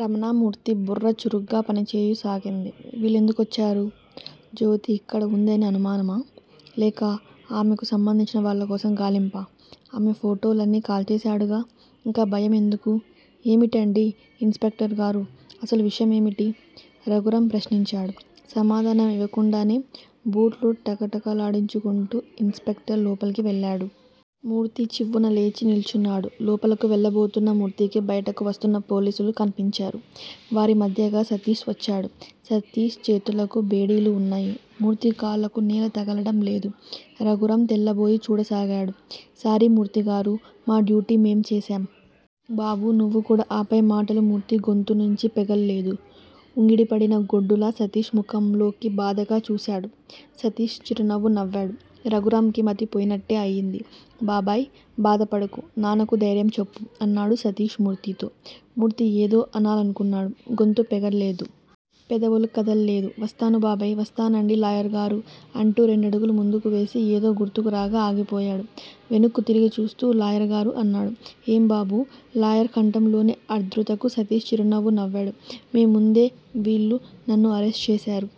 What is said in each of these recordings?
రమణమూర్తి బుర్ర చురుగ్గా పనిచేయసాగింది. వీళ్ళెందుకొచ్చారు? జ్యోతి ఇక్కడ వుందని అనుమానమా? లేక ఆమెకు సంబంధించిన వాళ్ళకోసం గాలింపా? ఆమె ఫోటోలన్నీ కాల్చేశాడుగా? ఇంకా భయం ఎందుకూ? ఏమిటండీ ఇన్ స్పెక్టర్ గారూ! అసలు విషయం ఏమిటి? రఘురాం ప్రశ్నించాడు. సమాధానం ఇవ్వకుండానే బూట్లు టకటకలాడించుకుంటూ ఇన్ స్పెక్టర్ లోపలికి వెళ్ళాడు. మూర్తి చివ్వున లేచి నిల్చున్నాడు. లోపలకు వెళ్ళబోతున్న మూర్తికి బయటకు వస్తున్న పోలీసులు కన్పించారు. వారి మధ్యగా సతీష్ వచ్చాడు. సతీష్ చేతులకు బేడీలు ఉన్నాయి. మూర్తి కాళ్ళకు నేల తగలడం లేదు. రఘురాం తెల్లబోయి చూడసాగాడు. సారీ మూర్తిగారూ! మా డ్యూటీ మేం చేశాం! బాబూ! నువ్వు కూడా- ఆ పై మాటలు మూర్తి గొంతునుంచి పెగల్లేదు. ఉంగిడిపడిన గొడ్డులా సతీష్ ముఖంలోకి బాధగా చూశాడు. సతీష్ చిరునవ్వు నవ్వాడు. రఘురాంకి మతిపోయినట్టే అయింది. బాబాయ్! బాధపడకు! నాన్నకు ధైర్యం చెప్పు! అన్నాడు సతీష్ మూర్తితో. మూర్తి ఏదో అనాలనుకున్నాడు. గొంతు పెగల్లేదు. పెదవులు కదల్లేదు. వస్తాను బాబాయ్! వస్తానండీ లాయర్ గారూ! అంటూ రెండడుగులు ముందుకు వేసి ఏదో గుర్తుకు రాగా ఆగిపోయాడు. వెనక్కు తిరిగి చూస్తూ లాయర్ గారూ! అన్నాడు. ఏం బాబూ! లాయర్ కంఠంలోని ఆర్ద్రతకు సతీష్ చిరునవ్వు నవ్వాడు. మీ ముందే వీళ్లు నన్ను అరెస్టు చేశారు.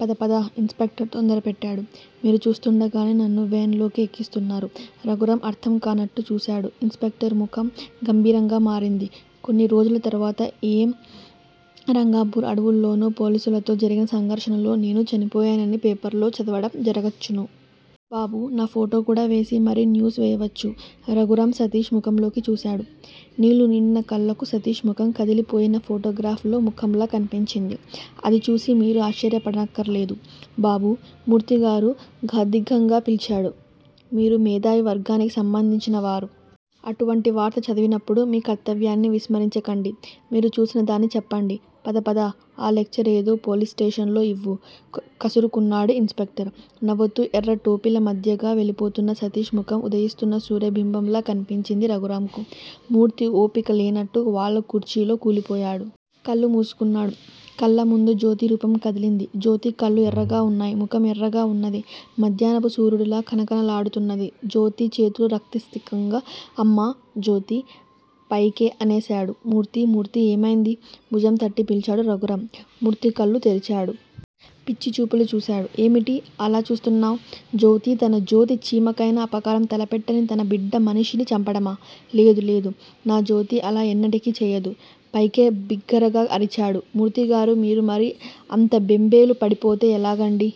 పద పద! ఇన్ స్పెక్టర్ తొందరపెట్టాడు. మీరు చూస్తుండగానే నన్ను వేన్ లోకి ఎక్కిస్తున్నారు. రఘురాం అర్థం కానట్టు చూశాడు. ఇన్ స్పెక్టరు ముఖం గంభీరంగా మారింది. కొన్ని రోజుల తర్వాత ఏ 'రంగాపూర్' అడవుల్లోనో పోలీసులతో జరిగిన సంఘర్షణలో నేను చనిపోయానని పేపర్లలో చదవడం జరగొచ్చును. బాబూ! నా ఫోటో కూడా వేసి మరీ న్యూస్ వెయ్యవచ్చు! రఘురాం సతీష్ ముఖంలోకి చూశాడు. నీళ్లు నిండిన కళ్ళకు సతీష్ ముఖం కదిలిపోయిన ఫోటోగ్రాఫ్ లో ముఖంలా కన్పించింది. అది చూసి మీరు ఆశ్చర్యపడనక్కరలేదు. బాబూ! మూర్తిగారు గాద్గదికంగా పిల్చాడు. మీరు మేధావి వర్గానికి సంబంధించిన వారు. అటువంటి వార్త చదివినప్పుడు మీ కర్తవ్యాన్ని విస్మరించకండి! మీరు చూసిన దాన్ని చెప్పండి. పద పద! ఆ లెక్చరేదో పోలీసుస్టేషన్ లో ఇవ్వు! కసురుకున్నాడు ఇన్ స్పెక్టర్. నవ్వుతూ ఎర్రటోపీల మధ్యగా వెళ్లిపోతున్న సతీష్ ముఖం ఉదయిస్తున్న సూర్యబింబంలా కన్పించింది రఘురాంకు. మూర్తి వోపికలేనట్టు వాలుకుర్చీలో కూలిపోయాడు. కళ్ళు మూసుకున్నాడు. కళ్ళముందు జ్యోతి రూపం కదిలింది. జ్యోతి కళ్ళు ఎర్రగా వున్నాయి. ముఖం ఎర్రగా వున్నది. మధ్యాహ్నపు సూర్యుడులా కణకణ లాడుతున్నది. జ్యోతి చేతులు రక్తసిక్తంగా- అమ్మా! జ్యోతీ! పైకే అనేశాడు. మూర్తీ! మూర్తీ! ఏమైంది? భుజం తట్టి పిల్చాడు రఘురాం. మూర్తి కళ్ళు తెరిచాడు. పిచ్చి చూపులు చూశాడు. ఏమిటి అలా చూస్తున్నావ్? జ్యోతి తన జ్యోతి చీమకైనా అపకారం తలపెట్టని తన బిడ్డ మనిషిని చంపడమా? లేదు. లేదు. నా జ్యోతి అలా ఎన్నటికీ చెయ్యదు. పైకే బిగ్గరగా అరిచాడు. మూర్తిగారూ! మీరు మరీ అంత బెంబేలు పడిపోతే ఎలాగండీ!